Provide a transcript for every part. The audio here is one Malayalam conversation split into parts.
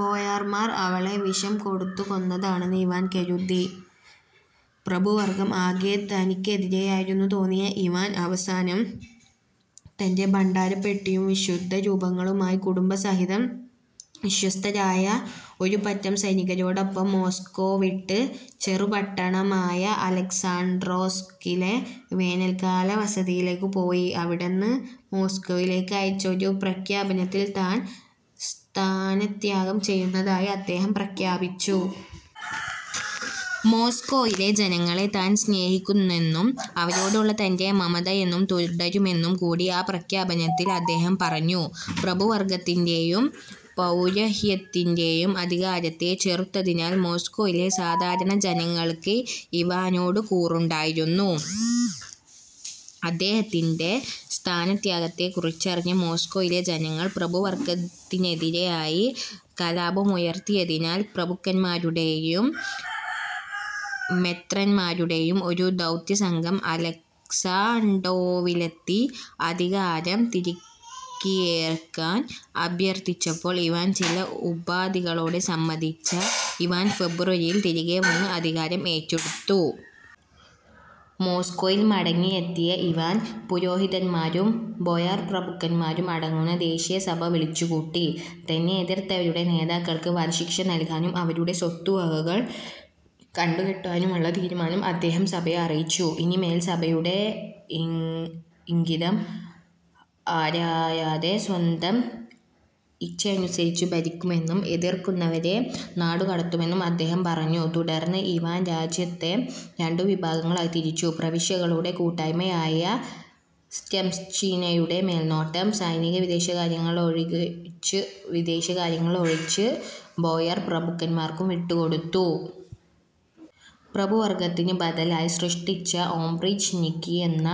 ബോയാർമാർ അവളെ വിഷം കൊടുത്തു കൊന്നതാണെന്ന് ഇവാൻ കരുതി. പ്രഭുവർഗ്ഗം ആകെ തനിക്കെതിരായെന്നു തോന്നിയ ഇവാൻ, അവസാനം തന്റെ ഭണ്ഡാരപ്പെട്ടിയും വിശുദ്ധരൂപങ്ങളുമായി കുടുംബസഹിതം വിശ്വസ്തരായ ഒരുപറ്റം സൈനികരോടൊപ്പം മോസ്കോ വിട്ട്, ചെറുപട്ടണമായ അലക്സാണ്ഡ്രോവ്സ്കിലെ വേനൽക്കാലവസതയിലേയ്ക്കു പോയി. അവിടന്ന് മോസ്കോയിലേയ്ക്കയച്ച ഒരു പ്രഖ്യാപനത്തിൽ, താൻ സ്ഥാനത്യാഗം ചെയ്യുന്നതായി അദ്ദേഹം പ്രഖ്യാപിച്ചു. മോസ്കോയിലെ ജനങ്ങളെ താൻ സ്നേഹിക്കുന്നെന്നും അവരോടുള്ള തന്റെ മമത എന്നും തുടരുമെന്നും കൂടി ആ പ്രഖ്യാപനത്തിൽ അദ്ദേഹം പറഞ്ഞു. പ്രഭുവർഗത്തിന്റേയും പൗരോഹിത്യത്തിന്റേയും അധികാരത്തെ ചെറുത്തതിനാൽ മോസ്കോയിലെ സാധാരണജനങ്ങൾക്ക് ഇവാനോട് കൂറുണ്ടായിരുന്നു. അദ്ദേഹത്തിന്റെ സ്ഥാനത്യാഗത്തെക്കുറിച്ചറിഞ്ഞ മോസ്കോയിലെ ജനങ്ങൾ പ്രഭുവർഗ്ഗത്തിനെതിരായി കലാപമുയർത്തിയതിനാൽ, പ്രഭുക്കന്മാരുടേയും മെത്രാന്മാരുടേയും ഒരു ദൗത്യസംഘം അലക്സാണ്ഡ്രോവിലെത്തി അധികാരം തിരികെയേൽക്കാൻ അഭ്യർത്ഥിച്ചപ്പോൾ ഇവാൻ ചില ഉപാധികളോടെ സമ്മതിച്ച ഇവാൻ ഫെബ്രുവരിയിൽ തിരികെ വന്ന് അധികാരം ഏറ്റെടുത്തു. മോസ്കോയിൽ മടങ്ങിയെത്തിയ ഇവാൻ പുരോഹിതന്മാരും ബോയാർപ്രഭുക്കന്മാരും അടങ്ങുന്ന ദേശീയസഭ വിളിച്ചുകൂട്ടി. തന്നെ എതിർത്തവരുടെ നേതാക്കൾക്ക് വധശിക്ഷ നൽകാനും അവരുടെ സ്വത്തുവകകൾ കണ്ടുകെട്ടാനുമുള്ള തീരുമാനം അദ്ദേഹം സഭയെ അറിയിച്ചു. ഇനിമേൽ സഭയുടെ ഇംഗിതം ആരായാതെ സ്വന്തം ഇച്ഛയനുസരിച്ച് ഭരിക്കുമെന്നും എതിർക്കുന്നവരെ നാടുകടത്തുമെന്നും അദ്ദേഹം പറഞ്ഞു. തുടർന്ന് ഇവാൻ രാജ്യത്തെ രണ്ടു വിഭാഗങ്ങളായി തിരിച്ചു: പ്രവിശ്യകളുടെ കൂട്ടായ്മയായ സെംസ്റ്റ്ഛീന-യുടെ മേൽനോട്ടം, സൈനിക-വിദേശകാര്യങ്ങളിലൊഴിച്ച്, ബോയാർ പ്രഭുക്കന്മാർക്ക് വിട്ടുകൊടുത്തു. പ്രഭു വർഗത്തിനു ബദലായി സൃഷ്ടിച്ച ഒപ്രീച്ച്നിക്കി എന്ന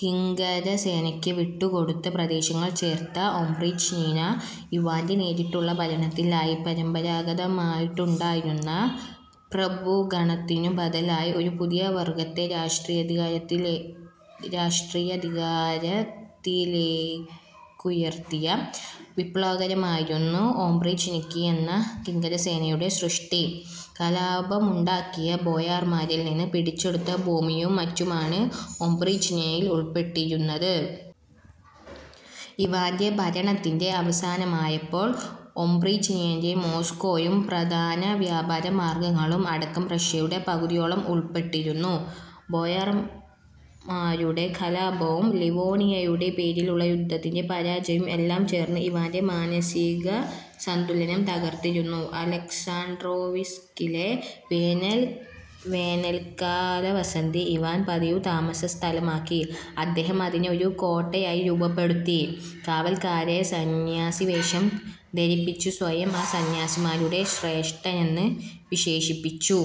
കിങ്കരസേനയ്ക്ക് വിട്ടുകൊടുത്ത പ്രദേശങ്ങൾ ചേർന്ന ഒപ്രീച്ച്നീന, ഇവാന്റെ നേരിട്ടുള്ള ഭരണത്തിലായി. പരമ്പാരാഗതമായുണ്ടായിരുന്ന പ്രഭുഗണത്തിനു ബദലായി ഒരു പുതിയ വർഗ്ഗത്തെ രാഷ്ടീയാധികാരത്തിലേക്കുയർത്തിയ വിപ്ലവകരമായിരുന്നു ഒപ്രീച്ച്നിക്കി എന്ന കിങ്കരസേനയുടെ സൃഷ്ടി. കലാപമുണ്ടാക്കിയ ബോയാർമാരിൽ നിന്ന് പിടിച്ചെടുത്ത ഭൂമിയും മറ്റുമാണ് ഒപ്രീച്ച്നീനയിൽ ഉൾപ്പെട്ടിരുന്നത്. ഇവാന്റെ ഭരണത്തിന്റെ അവസാനമായപ്പോൾ, ഒപ്രീച്ച്നീനയിൽ, മോസ്കോയും, പ്രധാനവ്യാപാരമാർഗ്ഗങ്ങളും അടക്കം, റഷ്യയുടെ പകുതിയോളം ഉൾപ്പെട്ടിരുന്നു. ബോയാർമാർമാരുടെ കലാപവും, ലിവോണിയയുടെ പേരിലുള്ള യുദ്ധത്തിന്റെ പരാജയവും എല്ലാം ചേർന്ന് ഇവാന്റെ മാനസികസന്തുലനം തകർത്തിരുന്നു. അലക്സാൻഡ്രോവിസ്കിലെ വേനൽക്കാലവസതി ഇവാൻ പതിവു താമസസ്ഥലതാക്കി അദ്ദേഹം അതിനെ ഒരു കോട്ടയായി രൂപപ്പെടുത്തി. കാവൽക്കാരെ സന്യാസിവേഷം ധരിപ്പിച്ച് സ്വയം ആ സന്യാസിമാരുടെ ശ്രേഷ്ഠനെന്ന് വിശേഷിപ്പിച്ചു.